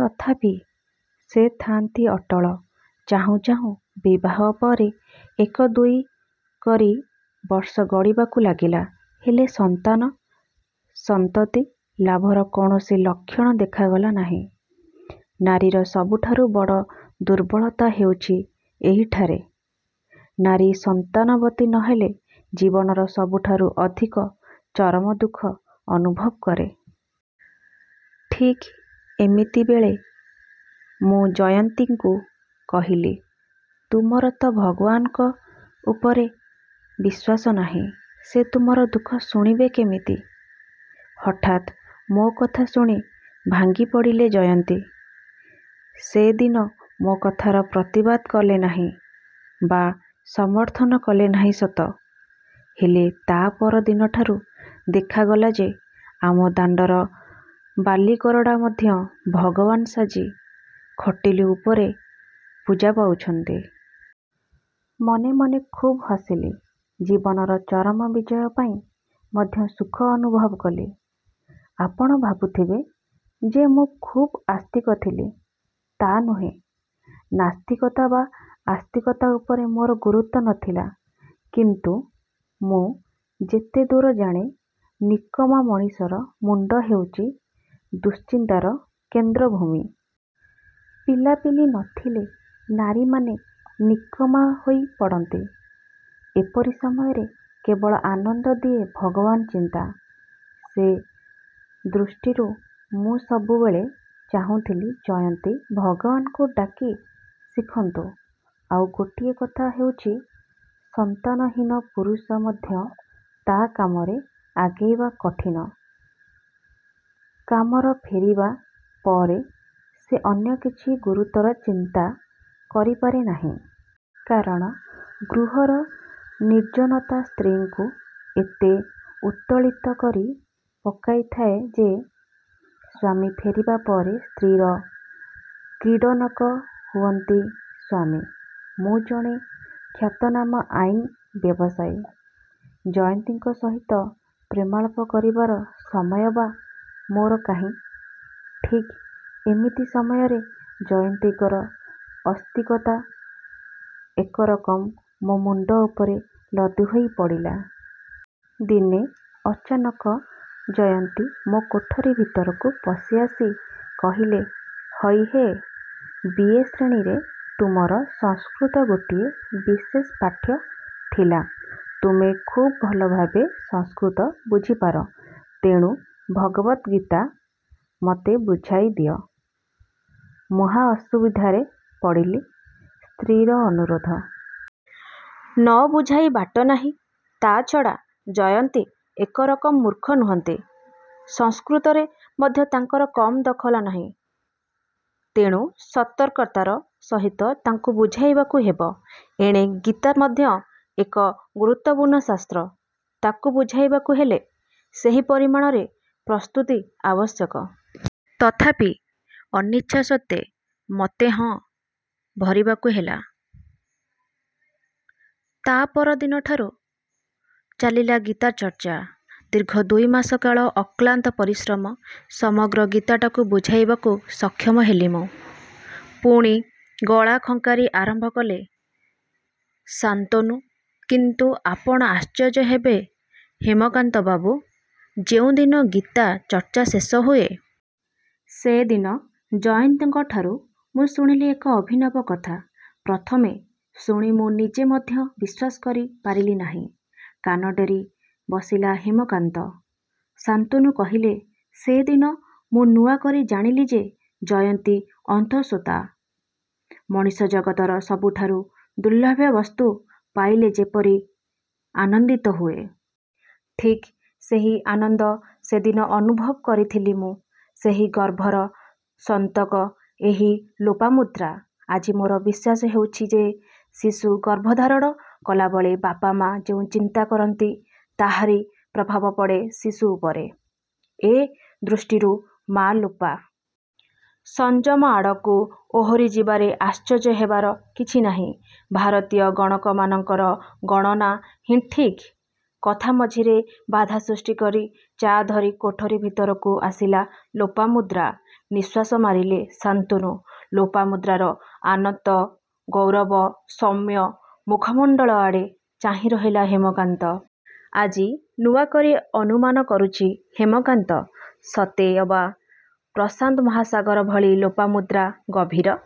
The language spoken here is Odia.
ତଥାପି ସେ ଥାଆନ୍ତି ଅଟଳ। ଚାହୁଁ ଚାହୁଁ ବିବାହ ପରେ ଏକ ଦୁଇ କରି ବର୍ଷ ଗଡ଼ିବାକୁ ଲାଗିଲା। ହେଲେ ସନ୍ତାନ ସନ୍ତତି ଲାଭର କୌଣସି ଲକ୍ଷଣ ଦେଖାଗଲା ନାହିଁ। ନାରୀର ସବୁଠାରୁ ବଡ଼ ଦୁର୍ବଳତା ହେଉଛି ଏଇଠାରେ। ନାରୀ ସନ୍ତାନବତୀ ନ ହେଲେ ଜୀବନର ସବୁଠାରୁ ଅଧିକ ଚରମ ଦୁଃଖ ଅନୁଭବ କରେ। ଠିକ୍ ଏମିତି ବେଳେ ମୁଁ ଜୟନ୍ତୀଙ୍କୁ କହିଲି ତୁମର ତ' ଭଗବାନଙ୍କ ଉପରେ ବିଶ୍ୱାସ ନାହିଁ.. ସେ ତୁମର ଦୁଃଖ ଶୁଣିବେ କେମିତି? ହଠାତ୍ ମୋ କଥା ଶୁଣି ଭାଙ୍ଗି ପଡ଼ିଲେ ଜୟନ୍ତୀ। ସେ ଦିନ ମୋ କଥାର ପ୍ରତିବାଦ କଲେ ନାହିଁ ବା ସମର୍ଥନ କଲେ ନାହିଁ ସତ, ହେଲେ ତା' ପର ଦିନଠାରୁ ଦେଖାଗଲା ଯେ ଆମ ଦାଣ୍ଡର ବାଲିଗରଡ଼ା ମଧ୍ୟ ଭଗବାନ୍ ସାଜି ଖଟୁଲି ଉପରେ ପୂଜା ପାଉଛନ୍ତି। ମନେ ମନେ ଖୁବ୍ ହସିଲି। ଜୀବନର ଚରମ ବିଜୟ ପାଇଁ ମଧ୍ୟ ସୁଖ ଅନୁଭବ କଲି। ଆପଣ ଭାବୁଥିବେ ଯେ ମୁଁ ଖୁବ୍ ଆସ୍ତିକ ଥିଲି, ତା' ନୁହେଁ। ନାସ୍ତିକତା ବା ଆସ୍ତିକତା ଉପରେ ମୋର ଗୁରୁତ୍ୱ ନ ଥିଲା। କିନ୍ତୁ ମୁଁ ଯେତେ ଦୂର ଜାଣେ ନିକମା ମଣିଷର ମୁଣ୍ଡ ହେଉଛି ଦୁଶ୍ଚିନ୍ତାର କେନ୍ଦ୍ରଭୂମି। ପିଲାପିଲି ନ ଥିଲେ ନାରୀମାନେ ନିକମା ହୋଇ ପଡ଼ନ୍ତି। ଏପରି ସମୟରେ କେବଳ ଆନନ୍ଦ ଦିଏ ଭାଗବାନ ଚିନ୍ତା, ସେ ଦୃଷ୍ଟିରୁ ମୁଁ ସବୁବେଳେ ଚାହୁଁଥିଲି-ଜୟନ୍ତି ଭଗବାନଙ୍କୁ ଡାକି ଶିଖନ୍ତୁ। ଆଉ ଗୋଟିଏ କଥା ହେଉଛି-ସନ୍ତାନହୀନ ପୁରୁଷ ମଧ୍ୟ ତା' କାମରେ ଆଗେଇବା କଠିନ। କାମର ଫେରିବା ପରେ ସେ ଅନ୍ୟ କିଛି ଗୁରୁତର ଚିନ୍ତା କରିପାରେ ନାହିଁ। କାରଣ-ଗୃହର ନିର୍ଜନତା ସ୍ତ୍ରୀଙ୍କୁ ଏତେ ଉଦ୍ବେଳିତ କରି ପକାଇଥାଏ ଯେ-ସ୍ୱାମୀ ଫେରିବା ପରେ ସ୍ତ୍ରୀର କ୍ରୀଡ଼ନକ ହୁଅନ୍ତି ସ୍ୱାମୀ। ମୁଁ ଜଣେ ଖ୍ୟାତନାମା ଆଇନ୍ ବ୍ୟବସାୟୀ। ଜୟନ୍ତୀଙ୍କ ସହିତ ପ୍ରେମାଳାପ କରିବାର ସମୟ ବା ମୋର କାହିଁ। ଠିକ୍ ଏମିତି ସମୟରେ ଜୟନ୍ତୀଙ୍କର ଅସ୍ତିକତା ଏକରକମ୍ ମୋ ମୁଣ୍ଡ ଉପରେ ଲଦି ହୋଇ ପଡ଼ିଲା। ଦିନେ ଅଚାନକ ଜୟନ୍ତୀ ମୋ କୋଠରୀ ଭିତରକୁ ପଶି ଆସି କହିଲେ-ହଇ ହେ.. ବି.. ଏ.. ଶ୍ରେଣୀରେ ତୁମର ସଂସ୍କୃତ ଗୋଟିଏ ବିଶେଷ ପାଠ୍ୟ ଥିଲା। ତୁମେ ଖୁବ୍ ଭଲଭାବେ ସଂସ୍କୃତ ବୁଝିପାର। ତେଣୁ ଭଗବତ୍ଗୀତା ମୋତେ ବୁଝାଇ ଦିଅ। ମହା ଅସୁବିଧାରେ ପଡ଼ିଲି। ସ୍ତ୍ରୀର ଅନୁରୋଧ। ନ ବୁଝାଇ ବାଟ ନାହିଁ। ତା'ଛଡ଼ା ଜୟନ୍ତୀ ଏକରକମ ମୂର୍ଖ ନୁହନ୍ତି। ସଂସ୍କୃତରେ ମଧ୍ୟ ତାଙ୍କର କମ୍ ଦଖଲ ନାହିଁ। ତେଣୁ ସତର୍କତାର ସହିତ ତାଙ୍କୁ ବୁଝାଇବାକୁ ହେବ। ଏଣେ ଗୀତା ମଧ୍ୟ ଏକ ଗୁରୁତ୍ୱପୂର୍ଣ୍ଣ ଶାସ୍ତ୍ର। ତାକୁ ବୁଝାଇବାକୁ ହେଲେ ସେହି ପରିମାଣରେ ପ୍ରସ୍ତୁତି ଆବଶ୍ୟକ। ତଥାପି ଅନିଚ୍ଛା ସତ୍ୱେ ମୋତେ ହଁ ଭରିବାକୁ ହେଲା। ତା' ପର ଦିନଠାରୁ ଚାଲିଲା ଗୀତା ଚର୍ଚ୍ଚା। ଦୀର୍ଘ ଦୁଇ ମାସ କାଳ ଅକ୍ଲାନ୍ତ ପରିଶ୍ରମ ସମଗ୍ର ଗୀତାଟିକୁ ବୁଝାଇବାକୁ ସକ୍ଷମ ହେଲି ମୁଁ। ପୁଣି ଗଳା ଖଙ୍କାରି ଆରମ୍ଭ କଲେ ଶାନ୍ତନୁ କିନ୍ତୁ ଆପଣ ଆଶ୍ଚର୍ଯ୍ୟ ହେବେ ହେମକାନ୍ତ ବାବୁ, ଯେଉଁଦିନ ଗୀତା ଚର୍ଚ୍ଚା ଶେଷ ହୁଏ ସେଦିନ ଜୟନ୍ତୀଙ୍କଠାରୁ ମୁଁ ଶୁଣିଲି ଏକ ଅଭିନବ କଥା-। ପ୍ରଥମେ ଶୁଣି ମୁଁ ନିଜେ ମଧ୍ୟ ବିଶ୍ୱାସ କରି ପାରିଲି ନାହିଁ। କାନ ଡେରି ବସିଲା ହେମକାନ୍ତ ଶାନ୍ତୁନୁ କହିଲେ-ସେଦିନ ମୁଁ ନୂଆ କରି ଜାଣିଲି ଯେ ଜୟନ୍ତୀ ଅନ୍ତଃସତ୍ୱା। ମଣିଷ ଜଗତର ସବୁଠାରୁ ଦୁର୍ଲଭ୍ୟ ବସ୍ତୁ ପାଇଲେ ଯେପରି ଆନନ୍ଦିତ ହୁଏ ଠିକ୍ ସେହି ଆନନ୍ଦ ସେଦିନ ଅନୁଭବ କରିଥିଲି ମୁଁ। ସେହି ଗର୍ଭର ସନ୍ତକ ଏହି ଲୋପାମୁଦ୍ରା। ଆଜି ମୋର ବିଶ୍ୱାସ ହୋଇଛି ଯେ ଶିଶୁ ଗର୍ଭଧାରଣ କଲାବେଳେ ବାପ ମାଆ ଯେଉଁ ଚିନ୍ତା କରନ୍ତି-ତାହାରି ପ୍ରଭାବ ପଡ଼େ ଶିଶୁ ଉପରେ ଏ ଦୃଷ୍ଟିରୁ ମାଆ ଲୋପା ସଂଯମ ଆଡ଼କୁ ଓହୋରି ଯିବାରେ ଆଶ୍ଚର୍ଯ୍ୟ ହେବାର କିଛି ନାହିଁ। ଭାରତୀୟ ଗଣକମାନଙ୍କର ଗଣନା ହିଁ ଠିକ୍। କଥା ମଝିରେ ବାଧା ସୃଷ୍ଟି କରି ଚା' ଧରି କୋଠରୀ ଭିତରକୁ ଆସିଲା ଲୋପାମୁଦ୍ରା। ନିଃଶ୍ୱାସ ମାରିଲେ ଶାନ୍ତୁନୁ। ଲୋପାମୁଦ୍ରାର ଆନତ, ଗୌର, ସୌମ୍ୟ ମୁଖମଣ୍ଡଳ ଆଡ଼େ ଚାହିଁରହିଲା ହେମକାନ୍ତ। ଆଜି ନୂଆ କରି ଅନୁମାନ କରୁଛି ହେମକାନ୍ତ। ସତେ ଅବା ପ୍ରଶାନ୍ତ ମହାସାଗର ଭଳି ଲୋପାମୁଦ୍ରା ଗଭୀର।